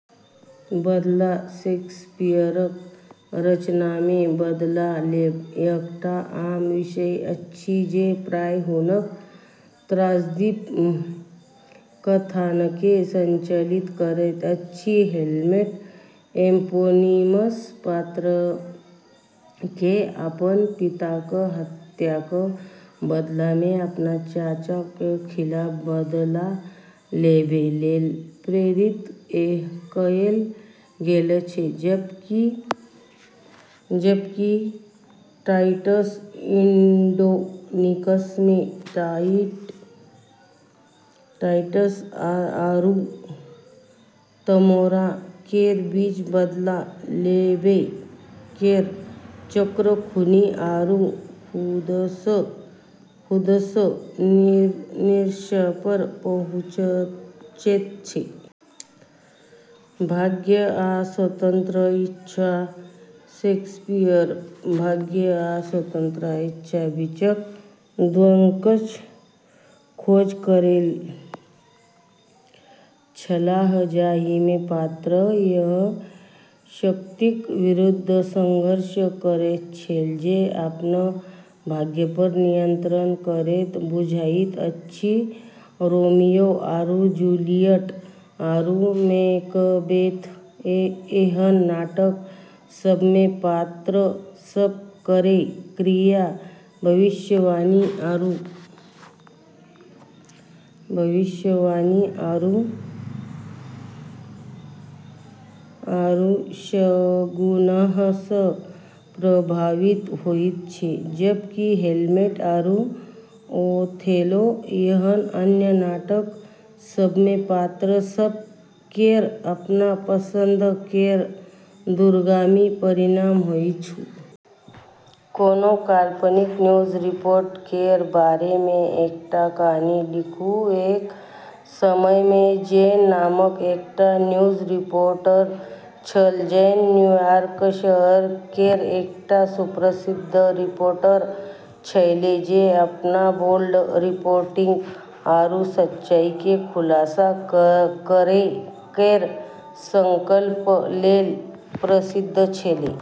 बदला: शेक्सपियरक रचनामे बदला लेब एकटा आम विषय अछि, जे प्रायः हुनक त्रासदीक कथानककेँ संचालित करैत अछि। हैमलेटमे एपोनिमस पात्रकेँ अपन पिताक हत्याक बदलामे अपन चाचा केर खिलाफ बदला लेबै लेल प्रेरित कएल गेल छै, जबकि टाइटस एंड्रोनिकसमे टाइटस आरू तमोरा केर बीच बदला लेबै केर चक्र खूनी आरू दुखद निष्कर्षपर पहुँचैत छै। भाग्य आ स्वतन्त्र इच्छा: शेक्सपियर प्रायः भाग्य आ स्वतन्त्र इच्छाक बीचक द्वंद्वक खोज करैत छलाह, जाहिमे पात्र एहन शक्तिक विरुद्ध संघर्ष करैत छल जे अपन भाग्यपर नियंत्रण करैत बुझाइत अछि। रोमियो आरू जूलियट आरू मैकबेथ एहन नाटक सभमे पात्र सभ केर क्रिया भविष्यवाणी आरू शगुनसँ प्रभावित होइत छै, जबकि हैमलेट आरू ओथेलो एहन अन्य नाटक सभमे पात्र सभ केर अपन पसंद केर दूरगामी परिणाम होइत छै। कोनो काल्पनिक न्यूज रिपोर्टर केर बारेमे एकटा कहानी लिखू। एक समयमे जैक नामक एकटा न्यूज रिपोर्टर छल। जैक न्यूयॉर्क शहर केर एकटा सुप्रसिद्ध रिपोर्टर छेलै, जे अपन बोल्ड रिपोर्टिंग आरू सच्चाईकेँ खुलासा करै केर संकल्प लेल प्रसिद्ध छेलै।